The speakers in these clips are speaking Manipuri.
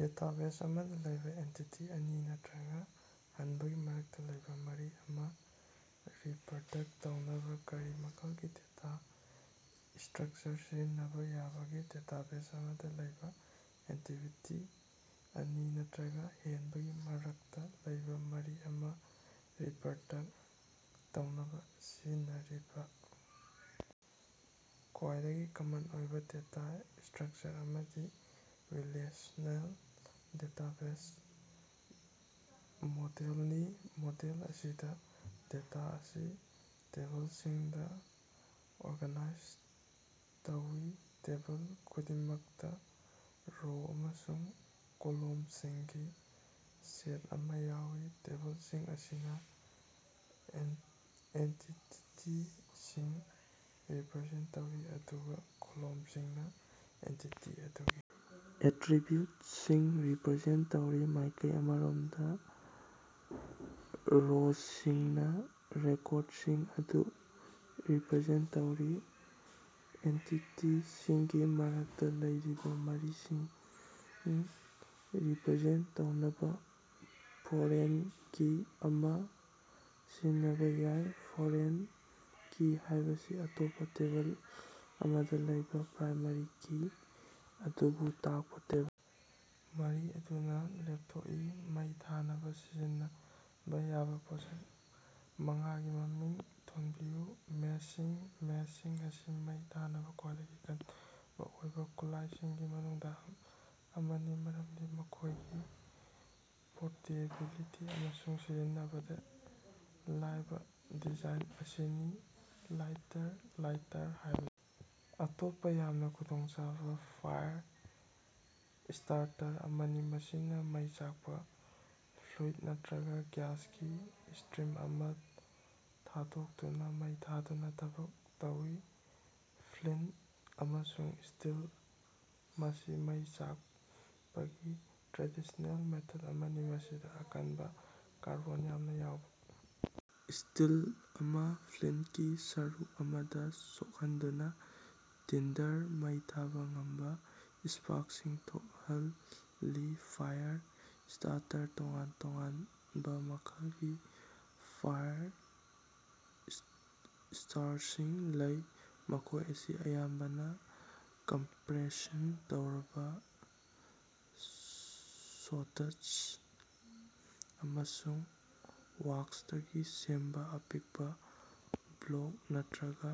ꯗꯦꯇꯥꯕꯦꯖ ꯑꯃꯗꯥ ꯂꯩꯕꯥ ꯑꯦꯟꯇꯤꯇꯤ ꯑꯅꯤ ꯅꯠꯇꯔꯒ ꯍꯦꯟꯕꯒꯤ ꯃꯔꯛꯇ ꯂꯩꯕꯥ ꯃꯔꯤ ꯑꯃꯥ ꯔꯤꯄꯔꯗꯛ ꯇꯧꯅꯕꯥ ꯀꯔꯤ ꯃꯈꯜꯒꯤ ꯗꯦꯇꯥ ꯁ꯭ꯇꯔꯛꯆꯔ ꯁꯤꯖꯤꯟꯅꯕꯥ ꯌꯥꯕꯒꯦ? ꯗꯦꯇꯥꯕꯦꯖ ꯑꯃꯗ ꯂꯩꯕꯥ ꯑꯦꯟꯇꯤꯇꯤ ꯑꯅꯤ ꯅꯠꯇꯔꯒ ꯍꯦꯟꯕꯒꯤ ꯃꯔꯛꯇ ꯂꯩꯕꯥ ꯃꯔꯤ ꯑꯃꯥ ꯔꯤꯄꯔꯗꯛ ꯇꯧꯅꯕꯥ ꯁꯤꯖꯤꯟꯅꯔꯤꯕꯥ ꯈ꯭ꯋꯥꯏꯗꯒꯤ ꯀꯃꯟ ꯑꯣꯏꯕ ꯗꯦꯇꯥ ꯁ꯭ꯇꯔꯛꯆꯔ ꯑꯃꯗꯤ ꯔꯤꯂꯦꯁꯅꯦꯜ ꯗꯦꯇꯥꯕꯦꯖ ꯃꯣꯗꯦꯜꯅꯤ꯫ ꯃꯣꯗꯦꯜ ꯑꯁꯤꯗꯥ ꯗꯦꯇꯥ ꯑꯁꯤ ꯇꯦꯕꯜꯁꯤꯡꯗꯥ ꯑꯣꯔꯒꯅꯥꯏꯖ ꯇꯧꯏ, ꯇꯦꯕꯜ ꯈꯨꯗꯤꯡꯃꯛꯇꯥ ꯔꯣ ꯑꯃꯁꯨꯡ ꯀꯣꯂꯝꯁꯤꯡꯒꯤ ꯁꯦꯠ ꯑꯃꯥ ꯌꯥꯎꯏ꯫ ꯇꯦꯕꯜꯁꯤꯡ ꯑꯁꯤꯅ ꯑꯦꯟꯇꯤꯇꯤꯁꯤꯡ ꯔꯤꯄꯔꯖꯦꯟ ꯇꯧꯔꯤ, ꯑꯗꯨꯒꯥ ꯀꯣꯂꯝꯁꯤꯡꯅ ꯑꯦꯟꯇꯤꯇꯤ ꯑꯗꯨꯒꯤ ꯑꯦꯇꯔꯤꯕ꯭ꯌꯨꯠꯁꯤꯡ ꯔꯤꯄꯔꯖꯦꯟ ꯇꯧꯔꯤ꯫ ꯃꯥꯏꯀꯩ ꯑꯃꯔꯣꯝꯗ ꯔꯣꯁꯤꯡꯅꯥ ꯔꯦꯀꯣꯔꯗꯁꯤꯡ ꯑꯗꯨ ꯔꯤꯄꯔꯖꯦꯟꯠ ꯇꯧꯔꯤ꯫ ꯑꯦꯟꯇꯤꯇꯤꯁꯤꯡꯒꯤ ꯃꯔꯛꯇꯥ ꯂꯩꯔꯤꯕꯥ ꯃꯔꯤꯁꯤꯡ ꯔꯤꯄꯔꯖꯦꯟꯇ ꯇꯧꯅꯕꯥ ꯐꯣꯔꯦꯟ ꯀꯤ ꯑꯃꯥ ꯁꯤꯖꯤꯟꯅꯕ ꯌꯥꯏ꯫ ꯐꯣꯔꯦꯟ ꯀꯤ ꯍꯥꯏꯕꯁꯤ ꯑꯇꯣꯞꯄꯥ ꯇꯦꯕꯜ ꯑꯃꯗ ꯂꯩꯕꯥ ꯄ꯭ꯔꯥꯏꯃꯥꯔꯤ ꯀꯤ ꯑꯗꯨꯕꯨ ꯇꯥꯛꯄꯥ ꯇꯦꯕꯜ ꯃꯔꯤ ꯑꯗꯨꯅ ꯂꯦꯞꯊꯣꯛꯏ꯫ ꯃꯩ ꯊꯥꯅꯕꯥ ꯁꯤꯖꯤꯟꯅꯕꯥ ꯌꯥꯕꯥ ꯄꯣꯠꯁꯛ ꯃꯉꯥꯒꯤ ꯃꯃꯤꯡ ꯊꯣꯟꯕꯤꯌꯨ꯫ ꯃꯦꯆꯁꯤꯡ: ꯃꯦꯆꯁꯤꯡ ꯑꯁꯤ ꯃꯩ ꯊꯥꯅꯕꯥ ꯈ꯭ꯋꯥꯏꯗꯒꯤ ꯀꯃꯟ ꯑꯣꯏꯕꯥ ꯈꯨꯠꯂꯥꯏꯁꯤꯡꯒꯤ ꯃꯅꯨꯡꯗꯥ ꯑꯃꯅꯤ ꯃꯔꯝꯗꯤ ꯃꯈꯣꯏꯒꯤ ꯄꯣꯔꯇꯦꯕꯤꯂꯤꯇꯤ ꯑꯃꯁꯨꯡ ꯁꯤꯖꯤꯟꯅꯕꯗ ꯂꯥꯏꯕ ꯗꯤꯖꯥꯏꯟ ꯑꯁꯤꯅꯤ꯫ ꯂꯥꯏꯇꯔ: ꯂꯥꯏꯇꯔ ꯍꯥꯏꯕꯁꯤ ꯑꯇꯣꯞꯄ ꯌꯥꯝꯅꯥ ꯈꯨꯗꯣꯡꯆꯥꯕꯥ ꯐꯥꯏꯔ ꯁ꯭ꯇꯥꯔꯇꯔ ꯑꯃꯅꯤ, ꯃꯁꯤꯅꯥ ꯃꯩ ꯆꯥꯛꯄꯥ ꯐ꯭ꯂꯨꯏꯗ ꯅꯠꯇꯔꯒ ꯒ꯭ꯌꯥꯁꯀꯤ ꯁ꯭ꯇꯔꯤꯝ ꯑꯃꯥ ꯊꯥꯗꯣꯛꯇꯨꯅꯥ ꯃꯩ ꯊꯥꯗꯨꯅꯥ ꯊꯕꯛ ꯇꯧꯏ꯫ ꯐ꯭ꯂꯤꯟꯇ ꯑꯃꯁꯨꯡ ꯁ꯭ꯇꯤꯜ: ꯃꯁꯤ ꯃꯩ ꯆꯥꯛꯄꯒꯤ ꯇ꯭ꯔꯦꯗꯤꯁꯅꯦꯜ ꯃꯦꯊꯗ ꯑꯃꯅꯤ, ꯃꯁꯤꯗꯥ ꯑꯀꯟꯕꯥ, ꯀꯥꯔꯕꯣꯟ ꯌꯥꯝꯅ ꯌꯥꯎꯕ ꯁ꯭ꯇꯤꯜ ꯑꯃꯥ ꯐ꯭ꯂꯤꯟꯇꯀꯤ ꯁꯔꯨꯛ ꯑꯃꯗꯥ ꯁꯣꯛꯍꯟꯗꯨꯅ ꯇꯤꯟꯗꯔ ꯃꯩ ꯊꯥꯕ ꯉꯝꯕꯥ ꯁ꯭ꯄꯥꯔꯛꯁꯤꯡ ꯊꯣꯛꯍꯜꯂꯤ꯫ ꯐꯥꯏꯌꯔ ꯁ꯭ꯇꯥꯔꯇꯔ: ꯇꯣꯉꯥꯟ-ꯇꯣꯉꯥꯟꯕꯥ ꯃꯈꯜꯒꯤ ꯐꯥꯏꯔꯁ꯭ꯇꯥꯔꯁꯤꯡ ꯂꯩ, ꯃꯈꯣꯏ ꯑꯁꯤ ꯑꯌꯥꯝꯕꯅꯥ ꯀꯝꯄꯔꯦꯁꯟ ꯇꯧꯔꯕꯥ ꯁꯣꯗꯁ꯭ꯠ ꯑꯃꯁꯨꯡ ꯋꯥꯛꯁꯇꯒꯤ ꯁꯦꯝꯕꯥ ꯑꯄꯤꯛꯄꯥ ꯕ꯭ꯂꯣꯛ ꯅꯠꯇꯔꯒ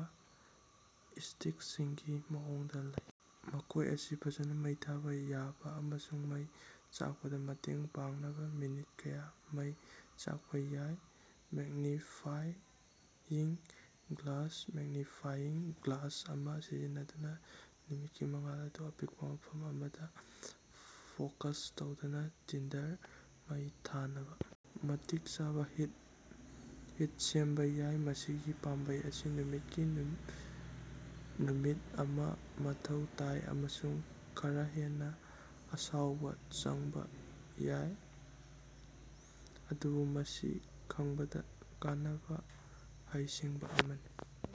ꯁ꯭ꯇꯤꯛꯁꯤꯡꯒꯤ ꯃꯑꯣꯡꯗ ꯂꯩ, ꯃꯈꯣꯏ ꯑꯁꯤ ꯐꯖꯅ ꯃꯩ ꯊꯥꯕꯥ ꯌꯥꯏ ꯑꯃꯁꯨꯡ ꯃꯩ ꯆꯥꯛꯄꯗꯥ ꯃꯇꯦꯡ ꯄꯥꯡꯅꯕ ꯃꯤꯅꯤꯠ ꯀꯌꯥ ꯃꯩ ꯆꯥꯛꯄꯥ ꯌꯥꯏ꯫ ꯃꯦꯒ꯭ꯅꯤꯐꯥꯏꯌꯤꯡ ꯒ꯭ꯂꯥꯁ: ꯃꯦꯒ꯭ꯅꯤꯐꯤꯌꯤꯡ ꯒ꯭ꯂꯥꯁ ꯑꯃꯥ ꯁꯤꯖꯤꯟꯅꯗꯨꯅ ꯅꯨꯃꯤꯠꯀꯤ ꯃꯉꯥꯜ ꯑꯗꯨ ꯑꯄꯤꯛꯄ ꯃꯐꯝ ꯑꯃꯗ ꯐꯣꯀꯁ ꯇꯧꯗꯨꯅ ꯇꯤꯟꯗꯔ ꯃꯩ ꯊꯥꯅꯕꯥ ꯃꯇꯤꯛ ꯆꯥꯕꯥ ꯍꯤꯠ ꯁꯦꯝꯕꯥ ꯌꯥꯏ꯫ ꯃꯁꯤꯒꯤ ꯄꯥꯝꯕꯩ ꯑꯁꯤ ꯅꯨꯃꯤꯠꯀꯤ ꯅꯨꯃꯤꯠ ꯑꯃꯥ ꯃꯊꯧ ꯇꯥꯏ ꯑꯃꯁꯨꯡ ꯈꯔꯥ ꯍꯦꯟꯅꯥ ꯑꯁꯥꯎꯕꯥ ꯆꯪꯕꯥ ꯌꯥꯏ, ꯑꯗꯨꯕꯨ ꯃꯁꯤ ꯈꯪꯕꯗꯥ ꯀꯥꯟꯅꯕꯥ ꯍꯩꯁꯤꯡꯕꯥ ꯑꯃꯅꯤ꯫